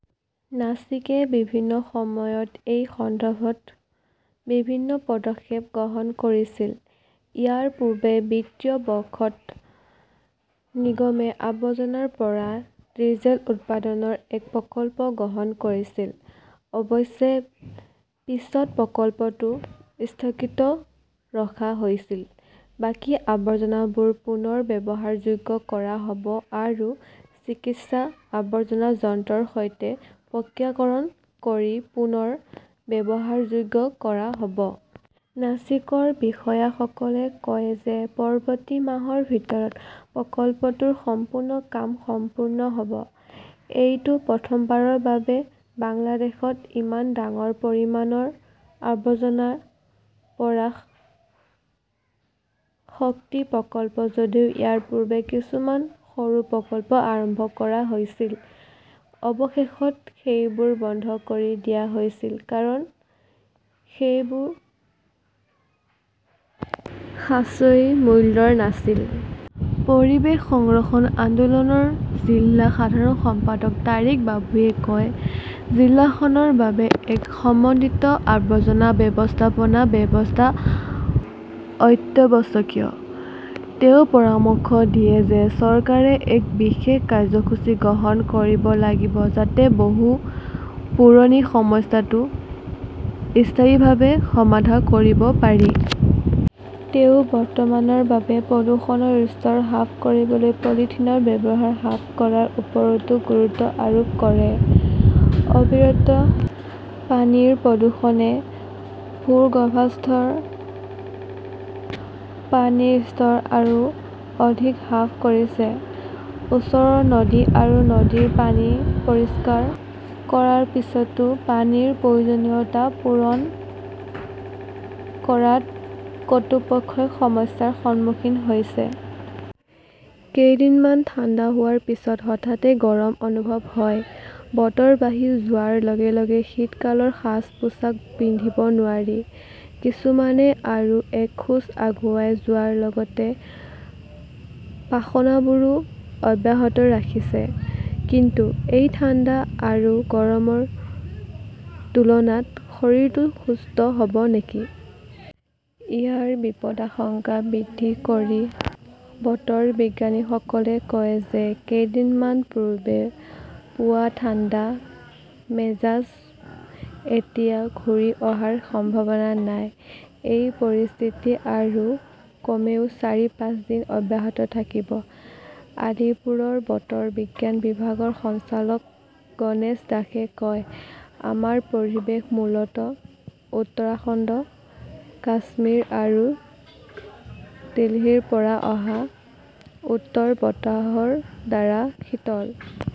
নাছিকে বিভিন্ন সময়ত এই সন্দৰ্ভত বিভিন্ন পদক্ষেপ গ্ৰহণ কৰিছিল। ইয়াৰ পূৰ্বে বিত্তীয় বৰ্ষত নিগমে আৱৰ্জনাৰ পৰা ডিজেল উৎপাদনৰ এক প্ৰকল্প গ্ৰহণ কৰিছিল। অৱশ্যে পিছত প্ৰকল্পটো স্থগিত ৰখা হৈছিল। বাকী আৱৰ্জনাবোৰ পুনৰ ব্যৱহাৰযোগ্য কৰা হ 'ব আৰু চিকিৎসা আৱৰ্জনা যন্ত্ৰৰ সৈতে প্ৰক্ৰিয়াকৰণ কৰি পুনৰ ব্যৱহাৰযোগ্য কৰা হ' ব। নাছিকৰ বিষয়াসকলে কয় যে পৰৱৰ্তী মাহৰ ভিতৰত প্ৰকল্পটোৰ সম্পূৰ্ণ কাম সম্পূৰ্ণ হ'ব ।এইটো প্ৰথমবাৰৰ বাবে বাংলাদেশত ইমান ডাঙৰ পৰিমাণৰ আৱৰ্জনাৰ পৰা শক্তি প্ৰকল্প যদিও ইয়াৰ পূৰ্বে কিছুমান সৰু প্ৰকল্প আৰম্ভ কৰা হৈছিল, অৱশেষত সেইবোৰ বন্ধ কৰি দিয়া হৈছিল কাৰণ সেইবোৰ সাশ্ৰয়ী মূল্যৰ নাছিল। পৰিৱেশ সংৰক্ষণ আন্দোলনৰ জিলা সাধাৰণ সম্পাদক তাৰিক বাবুৱে কয় জিলাখনৰ বাবে এক সমন্বিত আৱৰ্জনা ব্যৱস্থাপনা ব্যৱস্থা অত্যাৱশ্যকীয়। তেওঁ পৰামৰ্শ দিয়ে যে চৰকাৰে এক বিশেষ কাৰ্যসূচী গ্ৰহণ কৰিব লাগিব যাতে বহু পুৰণি সমস্যাটো স্থায়ীভাৱে সমাধান কৰিব পাৰি। তেওঁ বৰ্তমানৰ বাবে প্ৰদূষণৰ স্তৰ হ্ৰাস কৰিবলৈ পলিথিনৰ ব্যৱহাৰ হ্ৰাস কৰাৰ ওপৰতো গুৰুত্ব আৰোপ কৰে। অবিৰত পানীৰ প্ৰদূষণে ভূগৰ্ভস্থ, পানীৰ স্তৰ আৰু অধিক হ্ৰাস কৰিছে। ওচৰৰ নদী আৰু নদীৰ পানী পৰিষ্কাৰ কৰাৰ পিছতো পানীৰ প্ৰয়োজনীয়তা পূৰণ কৰাত কৰ্তৃপক্ষই সমস্যাৰ সন্মুখীন হৈছে। কেইদিনমান ঠাণ্ডা হোৱাৰ পিছত হঠাতে গৰম অনুভৱ হয়। বতৰ বাঢ়ি যোৱাৰ লগে -লগে শীতকালৰ সাজ-পোছাক পিন্ধিব নোৱাৰি। কিছুমানে আৰু এক খোজ আগুৱাই যোৱাৰ লগতে পাখনাবোৰো অব্যাহত ৰাখিছে। কিন্তু এই ঠাণ্ডা আৰু গৰমৰ দোলনাত শৰীৰটো সুস্থ হ'ব নেকি? ইয়াৰ বিপদাশংকা বৃদ্ধি কৰি বতৰ বিজ্ঞানীসকলে কয় যে কেইদিনমান পূৰ্বে পোৱা ঠাণ্ডা মেজাজ এতিয়া ঘূৰি অহাৰ সম্ভাৱনা নাই। এই পৰিস্থিতি আৰু কমেও চাৰি-পাঁচ দিন অব্যাহত থাকিব। আলিপুৰৰ বতৰ বিজ্ঞান বিভাগৰ সঞ্চালক গণেশ দাসে কয়, আমাৰ পৰিৱেশ মূলত উত্তৰাখণ্ড, কাশ্মীৰ আৰু দিল্লীৰ পৰা অহা উত্তৰ বতাহৰ দ্বাৰা শীতল।